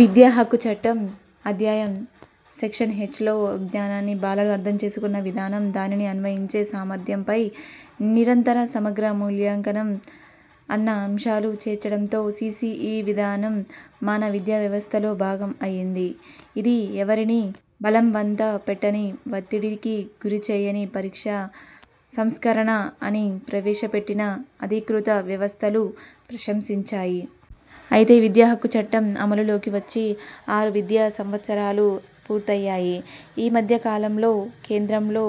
విద్యాహక్కు చట్టం – అధ్యాయం- సెక్షన్ హెచ్లో' జ్ఞానాన్ని బాలలు అర్థం చేసుకున్న విధానం, దానిని అన్వయించే సామర్థ్యంపై 'నిరంతర సమగ్ర మూల్యాంకనం' అన్న అంశాలు చేర్చడంతో సీసీఈ విధానం మన విద్యావ్యవస్థలో భాగం అయ్యింది. ఇది ఎవరినీ బలంవంత పెట్టని, వత్తిడికి గురిచేయని పరీక్షా సంస్కరణ అని ప్రవేశపెట్టిన అధీకృత వ్యవస్థలు ప్రశంసించాయి. అయితే విద్యాహక్కు చట్టం – అమలులోకి వచ్చి ఆరు విద్యా సంవత్సరాలు పూర్తయ్యాయి. ఈ మధ్య కాలంలో కేంద్రంలో,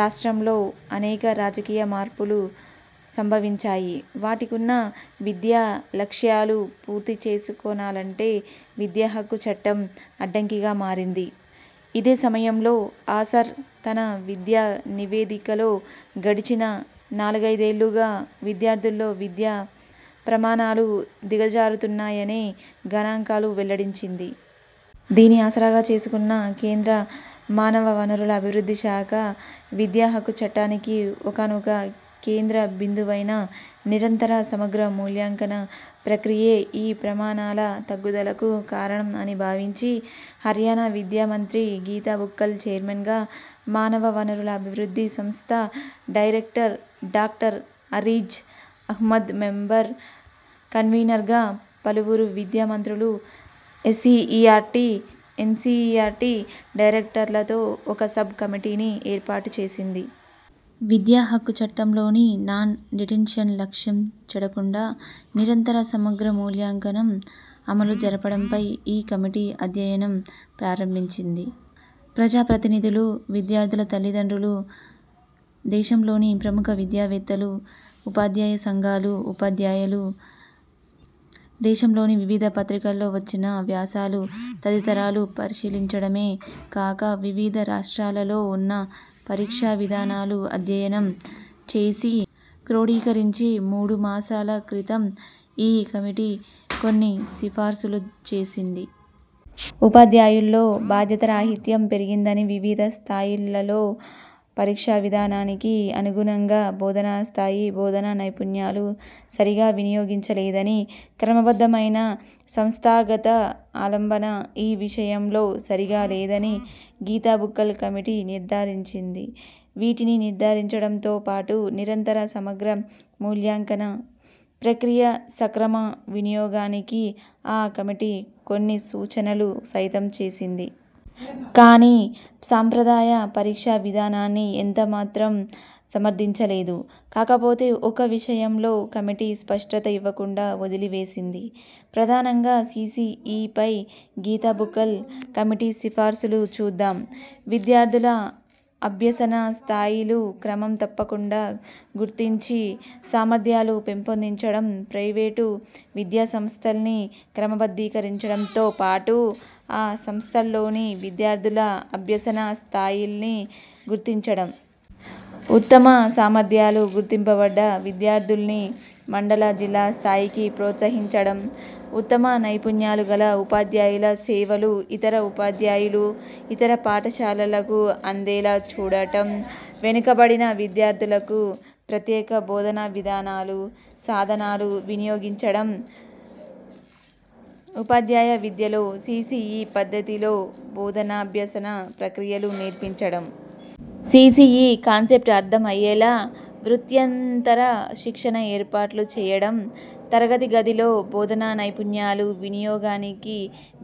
రాష్ట్రంలో అనేక రాజకీయ మార్పులు సంభవించాయి. వాటికున్న విద్యా లక్ష్యాలు పూర్తి చేసుకొనాలంటే 'విద్యాహక్కు చట్టం' అడ్డంకిగా మారింది. ఇదే సమయంలో 'ఆసర్' తన విద్యా నివేదికలో గడచిన నాలుగైదేళ్ళుగా విద్యార్థుల్లో విద్యా ప్రమాణాలు దిగజారుతున్నాయనే గణాంకాలు వెల్లడించింది. దీన్ని ఆసరాగా చేసుకున్న కేంద్ర మానవ వనరుల అభివృద్ధి శాఖ 'విద్యాహక్కు చట్టానికి' ఒకానొక కేంద్ర బిందువైన నిరంతర సమగ్ర మూల్యాంకన ప్రక్రియే ఈ ప్రమాణాల తగ్గుదలకు కారణం అని భావించి, హర్యానా విద్యా మంత్రి గీతా బుక్కల్ చైర్మన్గా, మానవ వనరుల అభివృద్ధి సంస్థ director doctor Areej Ahmed member కన్వీనర్గా పలువురు విద్యా మంత్రులు, ఎస్సీఈఆర్టీ, ఎన్సీఈఆర్టీ డైరెక్టర్లతో ఒక సబ్ కమిటీని ఏర్పాటు చేసింది. విద్యాహక్కు చట్టంలోని 'నాన్ డిటెన్షన్' లక్ష్యం చెడకుండా 'నిరంతర సమగ్ర మూల్యాంకనం' అమలు జరపడంపై ఈ కమిటీ అధ్యయనం ప్రారంభించింది. ప్రజాప్రతినిధులు విద్యార్థుల తల్లిదండ్రులు దేశంలోని ప్రముఖ విద్యావేత్తలు, ఉపాధ్యాయ సంఘాలు, ఉపాధ్యాయలు, దేశంలోని వివిధ పత్రికల్లో వచ్చిన వ్యాసాలు తదితరాలు పరిశీలించడమే కాక వివిధ రాష్ట్రాలలో ఉన్న పరీక్షా విధానాలు అధ్యయనం చేసి క్రోడీకరించి మూడు మాసాల క్రితం ఈ కమిటీ కొన్ని సిఫార్సులు చేసింది. ఉపాధ్యాయుల్లో బాధ్యతారాహిత్యం పెరిగిందని వివిధ స్థాయిలలో పరీక్షా విధానానికి అనుగుణంగా బోధనాస్థాయి, బోధనా నైపుణ్యాలు సరిగా వినియోగించలేదని, క్రమబద్ధమైన సంస్థాగత ఆలంబన ఈ విషయంలో సరిగా లేదని గీతాబుక్కల్ కమిటీ నిర్థారించింది. వీటిని నిర్థారించడంతో పాటు 'నిరంతర సమగ్ర మూల్యాంకన' ప్రక్రియ సక్రమ వినియోగానికి ఆ కమిటీ కొన్ని సూచనలు సైతం చేసింది. కానీ సంప్రదాయ పరీక్షా విధానాన్ని ఎంతమాత్రం సమర్థించలేదు. కాకపోతే ఒక్క విషయంలో కమిటీ స్పష్టత ఇవ్వకుండా వదిలివేసింది. ప్రధానంగా సీసీఈపై గీతా బుక్కల్ కమిటీ సిఫార్సులు చూద్దాం. విద్యార్థుల అభ్యసన స్థాయిలు క్రమం తప్పకుండా గుర్తించి సామర్థ్యాలు పెంపొందించడం. ప్రైవేటు విద్యాసంస్థల్ని క్రమబద్ధీకరించడంతో పాటు ఆ సంస్థల్లోని విద్యార్థుల అభ్యసన స్థాయిల్ని గుర్తించడం. ఉత్తమ సామర్థ్యాలు గుర్తింపబడ్డ విద్యార్థుల్ని మండల, జిల్లా స్థాయికి ప్రోత్సహించడం. ఉత్తమ నైపుణ్యాలు గల ఉపాధ్యాయుల సేవలు ఇతర ఉపాధ్యాయులు, ఇతర పాఠశాలలకు అందేలా చూడటం. వెనుకబడిన విద్యార్థులకు ప్రత్యేక బోధనా విధానాలు, సాధనాలు వినియోగించడం. ఉపాధ్యాయ విద్యలో సీసీఈ పద్ధతిలో బోధనాభ్యసన ప్రక్రియలు నేర్పించడం. సీసీఈ కాన్సెప్ట్ అర్థం అయ్యేలా వృత్యంతర శిక్షణ ఏర్పాట్లు చేయడం. తరగతి గదిలో బోధనా నైపుణ్యాలు వినియోగానికి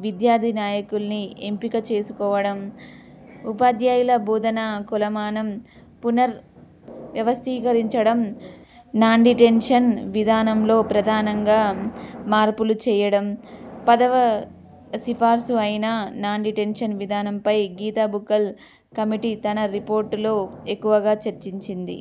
విద్యార్థి నాయకుల్ని ఎంపిక చేసుకోవడం. ఉపాధ్యాయుల బోధనా కొలమానం పునర్ వ్యవస్థీకరించడం. 'నాన్డిటెన్షన్' విధానంలో ప్రధానంగా మార్పులు చేయడం. పదవ సిఫార్సు అయిన 'నాన్డిటెన్షన్' విధానంపై గీతా బుక్కల్ కమిటీ తన రిపోర్టులో ఎక్కువగా చర్చించింది.